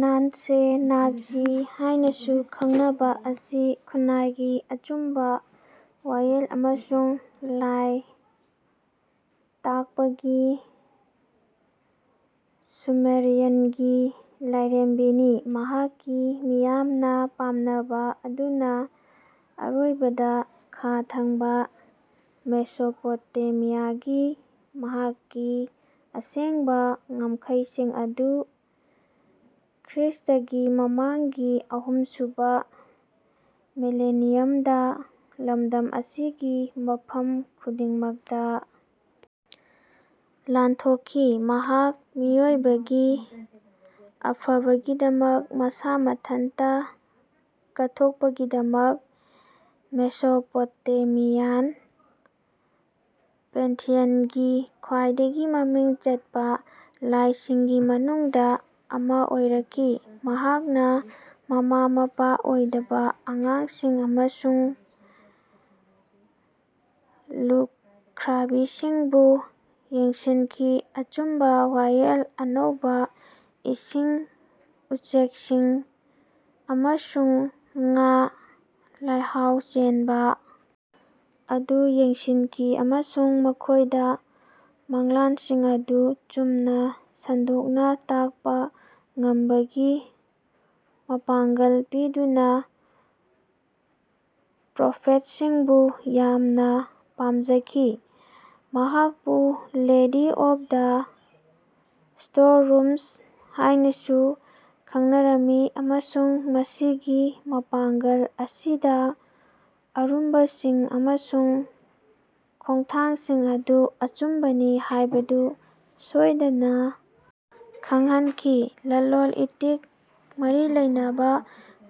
ꯅꯥꯟꯁꯦ Nazi ꯍꯥꯏꯅꯁꯨ ꯈꯪꯅꯕ ꯑꯁꯤ ꯈꯨꯟꯅꯥꯏꯒꯤ ꯑꯆꯨꯝꯕ ꯋꯥꯌꯦꯜ ꯑꯃꯁꯨꯡ ꯂꯥꯏ ꯇꯥꯛꯄꯒꯤ ꯁꯨꯃꯦꯔꯤꯌꯟꯒꯤ ꯂꯥꯏꯔꯦꯝꯕꯤꯅꯤ ꯃꯍꯥꯛꯀꯤ ꯃꯤꯌꯥꯝꯅ ꯄꯥꯝꯅꯕ ꯑꯗꯨꯅ ꯑꯔꯣꯏꯕꯗ ꯈꯥ ꯊꯪꯕ ꯃꯦꯁꯣꯄꯣꯇꯦꯃꯤꯌꯥꯒꯤ ꯃꯍꯥꯛꯀꯤ ꯑꯁꯦꯡꯕ ꯉꯝꯈꯩꯁꯤꯡ ꯑꯗꯨ ꯈ꯭ꯔꯤꯁ꯭ꯇꯒꯤ ꯃꯃꯥꯡꯒꯤ ꯑꯍꯨꯝꯁꯨꯕ ꯃꯤꯂꯦꯅꯤꯌꯝꯗ ꯂꯝꯗꯝ ꯑꯁꯤꯒꯤ ꯃꯐꯝ ꯈꯨꯗꯤꯡꯃꯛꯇ ꯂꯥꯟꯊꯣꯛꯈꯤ꯫ ꯃꯍꯥꯛ ꯃꯤꯑꯣꯏꯕꯒꯤ ꯑꯐꯕꯒꯤꯗꯃꯛ ꯃꯁꯥ ꯃꯊꯟꯇ ꯀꯠꯊꯣꯛꯄꯒꯤꯗꯃꯛ ꯃꯦꯁꯣꯄꯣꯇꯦꯃꯤꯌꯥꯟ ꯄꯦꯟꯊꯤꯌꯟꯒꯤ ꯈ꯭ꯋꯥꯏꯗꯒꯤ ꯃꯃꯤꯡ ꯆꯠꯄ ꯂꯥꯏꯁꯤꯡꯒꯤ ꯃꯅꯨꯡꯗ ꯑꯃꯥ ꯑꯣꯏꯔꯛꯈꯤ꯫ ꯃꯍꯥꯛꯅ ꯃꯃꯥ ꯃꯄꯥ ꯅꯥꯏꯗꯕ ꯑꯉꯥꯡꯁꯤꯡ ꯑꯃꯁꯨꯡ ꯂꯨꯈ꯭ꯔꯥꯕꯤꯁꯤꯡꯕꯨ ꯌꯦꯡꯁꯤꯟꯈꯤ ꯑꯆꯨꯝꯕ ꯋꯥꯌꯦꯜ ꯑꯅꯧꯕ ꯏꯁꯤꯡ ꯎꯆꯦꯛꯁꯤꯡ ꯑꯃꯁꯨꯡ ꯉꯥ ꯂꯩꯍꯥꯎ ꯆꯦꯟꯕ ꯑꯗꯨ ꯌꯦꯡꯁꯤꯟꯈꯤ ꯑꯃꯁꯨꯡ ꯃꯈꯣꯏꯗ ꯃꯪꯂꯥꯟꯁꯤꯡ ꯑꯗꯨ ꯆꯨꯝꯅ ꯁꯟꯗꯣꯛꯅ ꯇꯥꯛꯄ ꯉꯝꯕꯒꯤ ꯃꯄꯥꯡꯒꯜ ꯄꯤꯗꯨꯅ ꯄ꯭ꯔꯣꯐꯦꯠꯁꯤꯡꯕꯨ ꯌꯥꯝꯅ ꯄꯥꯝꯖꯈꯤ꯫ ꯃꯍꯥꯛꯄꯨ ꯂꯦꯗꯤ ꯑꯣꯐ ꯗ ꯁ꯭ꯇꯣꯔꯔꯨꯝꯁ ꯍꯥꯏꯅꯁꯨ ꯈꯪꯅꯔꯝꯃꯤ ꯑꯃꯁꯨꯡ ꯃꯁꯤꯒꯤ ꯃꯄꯥꯡꯒꯜ ꯑꯁꯤꯗ ꯑꯔꯨꯝꯕꯁꯤꯡ ꯑꯃꯁꯨꯡ ꯈꯣꯡꯊꯥꯡꯁꯤꯡ ꯑꯗꯨ ꯑꯆꯨꯝꯕꯅꯤ ꯍꯥꯏꯕꯗꯨ ꯁꯣꯏꯗꯅ ꯈꯪꯍꯟꯈꯤ꯫ ꯂꯂꯣꯟ ꯏꯇꯤꯛꯀ ꯃꯔꯤ ꯂꯩꯅꯕ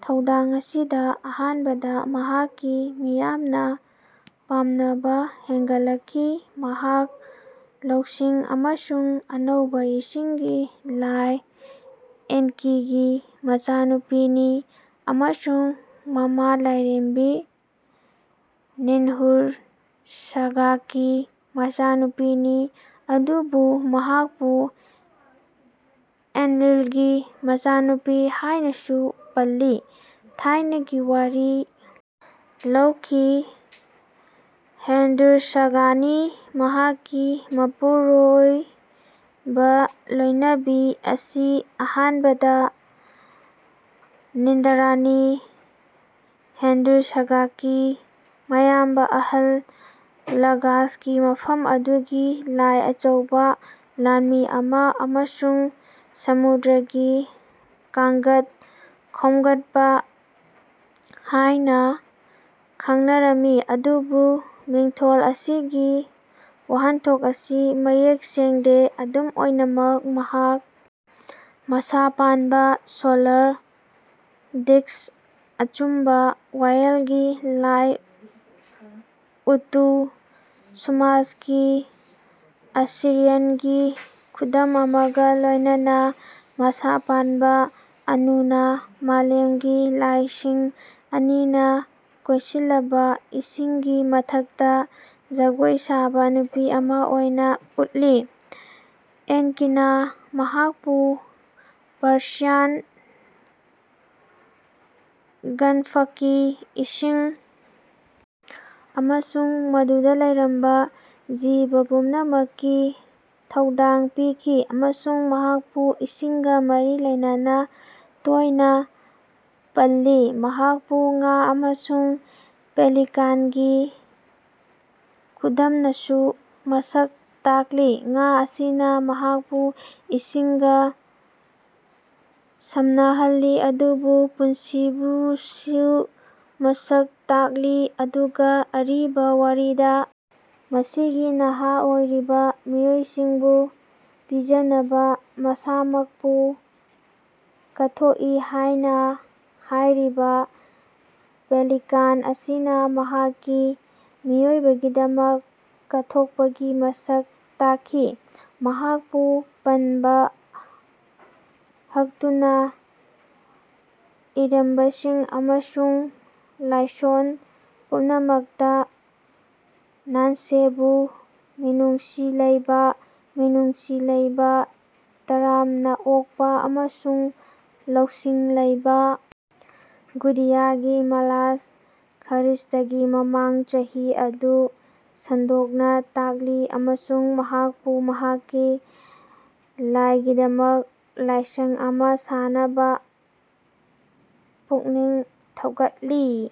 ꯊꯧꯗꯥꯡ ꯑꯁꯤꯗ ꯑꯍꯥꯟꯕꯗ ꯃꯍꯥꯛꯀꯤ ꯃꯤꯌꯥꯝꯅ ꯄꯥꯝꯅꯕ ꯍꯦꯟꯒꯠꯂꯛꯈꯤ꯫ ꯃꯍꯥꯛ ꯂꯧꯁꯤꯡ ꯑꯃꯁꯨꯡ ꯑꯅꯧꯕ ꯏꯁꯤꯡꯒꯤ ꯂꯥꯏ ꯑꯦꯟꯀꯤꯒꯤ ꯃꯆꯥꯅꯨꯄꯤꯅꯤ ꯑꯃꯁꯨꯡ ꯃꯃꯥ ꯂꯥꯏꯔꯦꯝꯕꯤ ꯅꯤꯟꯍꯨꯔꯁꯥꯒꯀꯤ ꯃꯆꯥꯅꯨꯄꯤꯅꯤ ꯑꯗꯨꯕꯨ ꯃꯍꯥꯛꯄꯨ ꯑꯦꯟꯂꯤꯜꯒꯤ ꯃꯆꯥꯅꯨꯄꯤ ꯍꯥꯏꯅꯁꯨ ꯄꯜꯂꯤ꯫ ꯊꯥꯏꯅꯒꯤ ꯋꯥꯔꯤ ꯂꯧꯈꯤꯕ ꯍꯦꯟꯗꯨꯔꯁꯥꯒꯅꯤ꯫ ꯃꯍꯥꯛꯀꯤ ꯃꯄꯨꯔꯣꯏꯕꯂꯣꯏꯅꯕꯤ ꯑꯁꯤ ꯑꯍꯥꯟꯕꯗ ꯅꯤꯟꯗꯥꯔꯥꯅꯤ ꯍꯦꯟꯗꯨꯔꯁꯥꯒꯀꯤ ꯃꯌꯥꯝꯕ ꯑꯍꯜ ꯂꯒꯥꯁꯀꯤ ꯃꯐꯝ ꯑꯗꯨꯒꯤ ꯂꯥꯏ ꯑꯆꯧꯕ ꯂꯥꯟꯃꯤ ꯑꯃ ꯑꯃꯁꯨꯡ ꯁꯃꯨꯗ꯭ꯔꯒꯤ ꯀꯥꯡꯒꯠ ꯈꯣꯝꯒꯠꯄ ꯍꯥꯏꯅ ꯈꯡꯅꯔꯝꯃꯤ ꯑꯗꯨꯕꯨ ꯃꯤꯡꯊꯣꯜ ꯑꯁꯤꯒꯤ ꯋꯥꯍꯟꯊꯣꯛ ꯑꯁꯤ ꯃꯌꯦꯛ ꯁꯦꯡꯗꯦ꯫ ꯑꯗꯨꯝ ꯑꯣꯏꯅꯃꯛ ꯃꯍꯥꯛ ꯃꯁꯥ ꯄꯥꯟꯕ ꯁꯣꯂꯔ ꯗꯤꯁꯛ ꯑꯆꯨꯝꯕ ꯋꯥꯌꯦꯜꯒꯤ ꯂꯥꯏ ꯎꯇꯨ ꯁꯃꯥꯁꯀꯤ ꯑꯁꯤꯔꯤꯌꯟꯒꯤ ꯈꯨꯗꯝ ꯑꯃꯒ ꯂꯣꯏꯅꯅ ꯃꯁꯥ ꯄꯥꯟꯕ ꯑꯅꯨꯅꯥ ꯃꯥꯂꯦꯝꯒꯤ ꯂꯥꯏꯁꯤꯡ ꯑꯅꯤꯅ ꯀꯣꯏꯁꯤꯜꯂꯕ ꯏꯁꯤꯡꯒꯤ ꯃꯊꯛꯇ ꯖꯒꯣꯏ ꯁꯥꯕ ꯅꯨꯄꯤ ꯑꯃ ꯑꯣꯏꯅ ꯎꯠꯂꯤ꯫ ꯑꯦꯟꯀꯤꯅ ꯃꯍꯥꯛꯄꯨ ꯄꯔꯁꯤꯌꯥꯟ ꯒꯜꯐꯀꯤ ꯏꯁꯤꯡ ꯑꯃꯁꯨꯡ ꯃꯗꯨꯗ ꯂꯩꯔꯝꯕ ꯖꯤꯕ ꯄꯨꯝꯅꯃꯛꯀꯤ ꯊꯧꯗꯥꯡ ꯄꯤꯈꯤ ꯑꯃꯁꯨꯡ ꯃꯍꯥꯛꯄꯨ ꯏꯁꯤꯡꯒ ꯃꯔꯤ ꯂꯩꯅꯅ ꯇꯣꯏꯅ ꯄꯜꯂꯤ꯫ ꯃꯍꯥꯛꯄꯨ ꯉꯥ ꯑꯃꯁꯨꯡ ꯄꯦꯂꯤꯀꯥꯟꯒꯤ ꯈꯨꯗꯝꯅꯁꯨ ꯃꯁꯛ ꯇꯥꯛꯂꯤ ꯉꯥ ꯑꯁꯤꯅ ꯃꯍꯥꯛꯄꯨ ꯏꯁꯤꯡꯒ ꯁꯝꯅꯍꯜꯂꯤ ꯑꯗꯨꯕꯨ ꯄꯨꯟꯁꯤꯕꯨꯁꯨ ꯃꯁꯛ ꯇꯥꯛꯂꯤ ꯑꯗꯨꯒ ꯑꯔꯤꯕ ꯋꯥꯔꯤꯗ ꯃꯁꯤꯒꯤ ꯅꯍꯥ ꯑꯣꯏꯔꯤꯕ ꯃꯤꯑꯣꯏꯁꯤꯡꯕꯨ ꯄꯤꯖꯅꯕ ꯃꯁꯥꯃꯛꯄꯨ ꯀꯠꯊꯣꯛꯏ ꯍꯥꯏꯅ ꯍꯥꯏꯔꯤꯕ ꯄꯦꯂꯤꯀꯥꯟ ꯑꯁꯤꯅ ꯃꯍꯥꯛꯀꯤ ꯃꯤꯑꯣꯏꯕꯒꯤꯗꯃꯛ ꯀꯠꯊꯣꯛꯄꯒꯤ ꯃꯁꯛ ꯇꯥꯛꯈꯤ꯫ ꯃꯍꯥꯛꯄꯨ ꯄꯟꯕ ꯍꯛꯇꯨꯅ ꯏꯔꯝꯕꯁꯤꯡ ꯑꯃꯁꯨꯡ ꯂꯥꯏꯁꯣꯟ ꯄꯨꯝꯅꯃꯛꯇ ꯅꯥꯟꯁꯦꯕꯨ ꯃꯤꯅꯨꯡꯁꯤ ꯂꯩꯕ ꯃꯤꯅꯨꯡꯁꯤ ꯂꯩꯕ ꯇꯔꯥꯝꯅ ꯑꯣꯛꯄ ꯑꯃꯁꯨꯡ ꯂꯧꯁꯤꯡ ꯂꯩꯕ ꯒꯨꯗꯤꯌꯥꯒꯤ ꯃꯪꯂꯥꯟ ꯈ꯭ꯔꯤꯁ꯭ꯇꯒꯤ ꯃꯃꯥꯡ ꯆꯍꯤ ꯑꯗꯨ ꯁꯟꯗꯣꯛꯅ ꯇꯥꯛꯂꯤ ꯑꯃꯁꯨꯡ ꯃꯍꯥꯛꯄꯨ ꯃꯍꯥꯛꯀꯤ ꯂꯥꯏꯒꯤꯗꯃꯛ ꯂꯥꯏꯁꯪ ꯑꯃ ꯁꯥꯅꯕ ꯄꯨꯛꯅꯤꯡ ꯊꯧꯒꯠꯂꯤ꯫